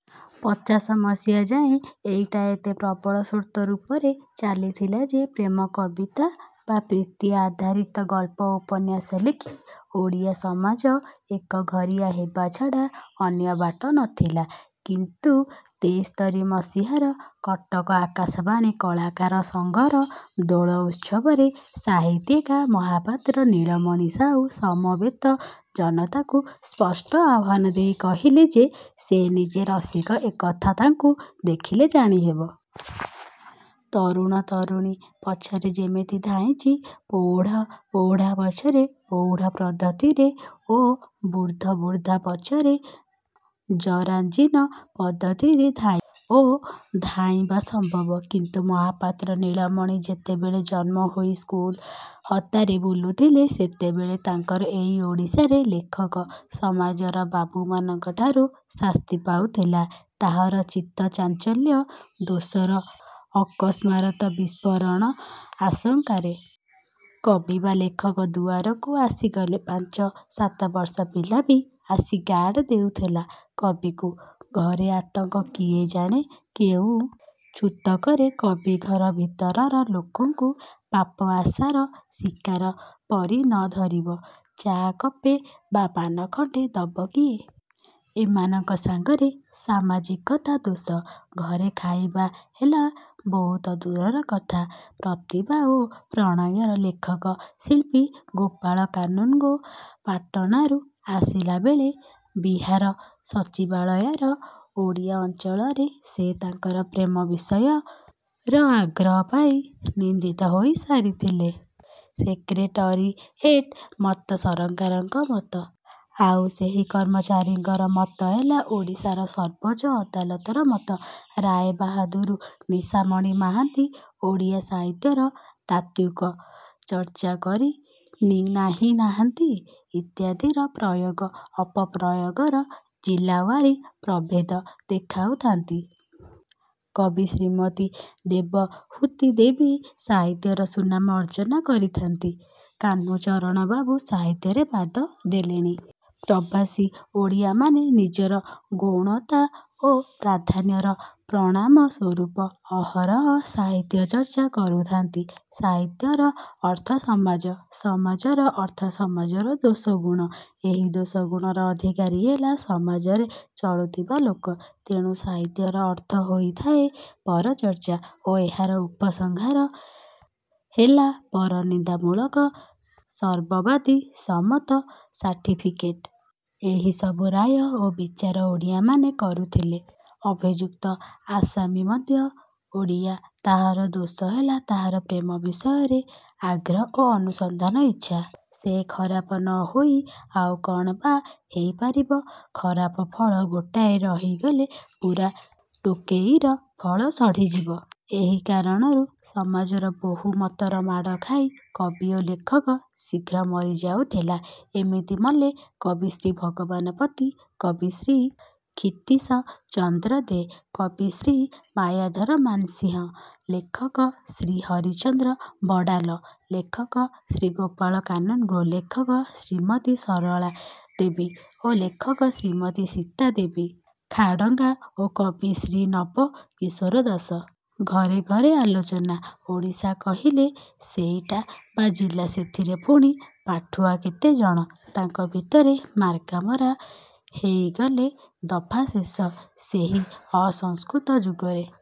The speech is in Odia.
ପଚାଶ ମସିହା ଯାଏ ଏଇଟା ଏତେ ପ୍ରବଳ ସ୍ରୋତ ରୂପରେ ଚାଲିଥିଲା ଯେ ପ୍ରେମ କବିତା ବା ପ୍ରୀତି-ଆଧାରିତ ଗଳ୍ପ ଉପନ୍ୟାସ ଲେଖି ଓଡ଼ିଆ ସମାଜରେ ଏକଘରିଆ ହେବାଛଡ଼ା ଅନ୍ୟବାଟ ନ ଥିଲା। କିନ୍ତୁ ତେସ୍ତରୀ ମସିହାର କଟକ ଆକାଶବାଣୀ କଳାକାର ସଂଘର ଦୋଳ ଉତ୍ସବରେ ସାହିତ୍ୟିକ ମହାପାତ୍ର ନୀଳମଣି ସାହୁ ସମବେତ ଜନତାଙ୍କୁ ସ୍ପଷ୍ଟ ଆହ୍ୱାନ ଦେଇ କହିଲେ ଯେ ସେ ନିଜେ ରସିକ-ଏକଥା ତାଙ୍କୁ ଦେଖିଲେ ଜାଣିହେବ। ତରୁଣ ତରୁଣୀ ପଛରେ ଯେମିତି ଧାଇଁଛି ପ୍ରୌଢ଼ ପ୍ରୌଢ଼ା ପଛରେ ପ୍ରୌଢ଼ ପଦ୍ଧତିରେ ଓ ବୃଦ୍ଧ ବୃଦ୍ଧା ପଛରେ ଜରାଜୀର୍ଣ୍ଣ ପଦ୍ଧତିରେ ଧାଇଁଛି ଓ ଧାଇଁବା ସମ୍ଭବ। କିନ୍ତୁ ମହାପାତ୍ର ନୀଳମଣି ଯେତେବେଳେ ଜନ୍ମ ହୋଇ ସ୍କୁଲ ହତାରେ ବୁଲୁଥିଲେ ସେତେବେଳେ ତାଙ୍କର ଏଇ ଓଡ଼ିଶାରେ ଲେଖକ ସମାଜର ବାବୁମାନଙ୍କଠାରୁ ଶାସ୍ତି ପାଉଥିଲା-ତାହାର ଚିତ୍ତ ଚାଞ୍ଚଲ୍ୟ ଦୋଷର ଅକସ୍ମାରତ ବିସ୍ଫୋରଣ ଆଶଙ୍କାରେ। କବି ବା ଲେଖକ ଦୁଆରକୁ ଆସିଗଲେ ପାଞ୍ଚ ସାତବର୍ଷ ପିଲା ବି ଆସି ଗାର୍ଡ଼ ଦେଉଥିଲା କବିକୁ। ଘରେ ଆତଙ୍କ-କିଏ ଜାଣେ କେଉଁ ଛୁତକରେ କବି ଘର ଭିତରର ଲୋକଙ୍କୁ ପାପ ଆଶାର ଶିକାର ପରି ନ ଧରିବ? ଚା' କପେ ବା ପାନ ଖଣ୍ତେ ଦବ କିଏ? ଏମାନଙ୍କ ସାଙ୍ଗରେ ସାମାଜିକତା ଦୋଷ। ଘରେ ଖାଇବା ହେଲା ବହୁତ ଦୂରର କଥା। ପ୍ରତିଭା ଓ ପ୍ରଣୟର ଲେଖକ ଶିଳ୍ପୀ ଗୋପାଳ କାନୁନଗୋ ପାଟନାରୁ ଆସିଲାବେଳେ ବିହାର ସଚିବାଳୟର ଓଡ଼ିଆ ଅଞ୍ଚଳରେ ସେ ତାଙ୍କର ପ୍ରେମ ବିଷୟର ଆଗ୍ରହ ପାଇଁ ନିନ୍ଦିତ ହୋଇ ସାରିଥିଲେ। ସେକ୍ରେଟରିଏଟ୍ର ମତ ସରକାରଙ୍କର ମତ। ଆଉ ସେହି କର୍ମଚାରୀଙ୍କର ମତ ହେଲା ଓଡ଼ିଶାର ସର୍ବୋଚ୍ଚ ଅଦାଲତର ମତ। ରାୟ ବାହାଦୁର ନିଶାମଣି ମହାନ୍ତି ଓଡ଼ିଆ ସାହିତ୍ୟର ତାତ୍ତ୍ୱିକ ଚର୍ଚ୍ଚାକରି ନି-ନାହିଁ-ନାହାନ୍ତି ଇତ୍ୟାଦିର ପ୍ରୟୋଗ ଅପପ୍ରୟୋଗର ଜିଲ୍ଲାୱାରୀ ପ୍ରଭେଦ ଦେଖାଉଥାନ୍ତି। କବି ଶ୍ରୀମତୀ ଦେବହୂତି ଦେବୀ ସାହିତ୍ୟରେ ସୁନାମ ଅର୍ଜନ କରିଥାନ୍ତି। କାହ୍ନୁଚରଣବାବୁ ସାହିତ୍ୟରେ ପାଦ ଦେଲେଣି। ପ୍ରବାସୀ ଓଡ଼ିଆମାନେ ନିଜର ଗୌଣତା ଓ ପ୍ରାଧାନ୍ୟର ପ୍ରମାଣ ସ୍ୱରୂପ ଅହରହ ସାହିତ୍ୟ ଚର୍ଚ୍ଚା କରୁଥାନ୍ତି। ସାହିତ୍ୟର ଅର୍ଥ ସମାଜ। ସମାଜର ଅର୍ଥ ସମାଜର ଦୋଷ ଗୁଣ। ଏହି ଦୋଷଗୁଣର ଅଧିକାରୀ ହେଲା ସମାଜରେ ଚଳୁଥିବା ଲୋକ। ତେଣୁ ସାହିତ୍ୟର ଅର୍ଥ ହୋଇଥାଏ ପରଚର୍ଚ୍ଚା ଓ ଏହାର ଉପସଂହାର ହେଲା ପରନିନ୍ଦାମୂଳକ ସର୍ବବାଦୀ ସମ୍ମତ ସାର୍ଟିଫିକେଟ। ଏହିସବୁ ରାୟ ଓ ବିଚାର ଓଡ଼ିଆମାନେ କରୁଥିଲେ। ଅଭିଯୁକ୍ତ ଆସାମୀ ମଧ୍ୟ ଓଡ଼ିଆ। ତାହାର ଦୋଷ ହେଲା ତାହାର ପ୍ରେମ ବିଷୟରେ ଆଗ୍ରହ ଓ ଅନୁସନ୍ଧାନର ଇଚ୍ଛା। ସେ ଖରାପ ନ ହୋଇ ଆଉ କ'ଣ ବା ହେଇ ପାରିବ? ଖରାପ ଫଳ ଗୋଟାଏ ରହିଗଲେ ପୁରା ଟୋକେଇର ଫଳ ସଢ଼ିଯିବ। ଏହି କାରଣରୁ ସମାଜର ବହୁ ମତର ମାଡ଼ ଖାଇ କବି ଓ ଲେଖକ ଶୀଘ୍ର ମରିଯାଉଥିଲା। ଏମିତି ମଲେ କବି ଶ୍ରୀ ଭଗବାନ ପତି, କବି ଶ୍ରୀ କ୍ଷିତୀଶ ଚନ୍ଦ୍ର ଦେ, କବି ଶ୍ରୀ ମାୟାଧର ମାନସିଂହ, ଲେଖକ ଶ୍ରୀ ହରିଶ୍ଚନ୍ଦ୍ର ବଡ଼ାଲ, ଲେଖକ ଶ୍ରୀ ଗୋପାଳ କାନୁନଗୋ, ଲେଖକ ଶ୍ରୀମତୀ ସରଳା ଦେବୀ ଓ ଲେଖକ ଶ୍ରୀମତୀ ସୀତା ଦେବୀ ଖାଡ଼ଙ୍ଗା ଓ କବି ଶ୍ରୀ ନବ କିଶୋର ଦାସ। ଘରେ ଘରେ ଆଲୋଚନା। ଓଡ଼ିଶା କହିଲେ କେଇଟା ବା ଜିଲ୍ଲା-ସେଥିରେ ପୁଣି ପାଠୁଆ କେତେ ଜଣ? ତାଙ୍କ ଭିତରେ ମାର୍କାମରା ହେଇଗଲେ ଦଫା ଶେଷ। ସେହି ଅସଂସ୍କୃତ ଯୁଗରେ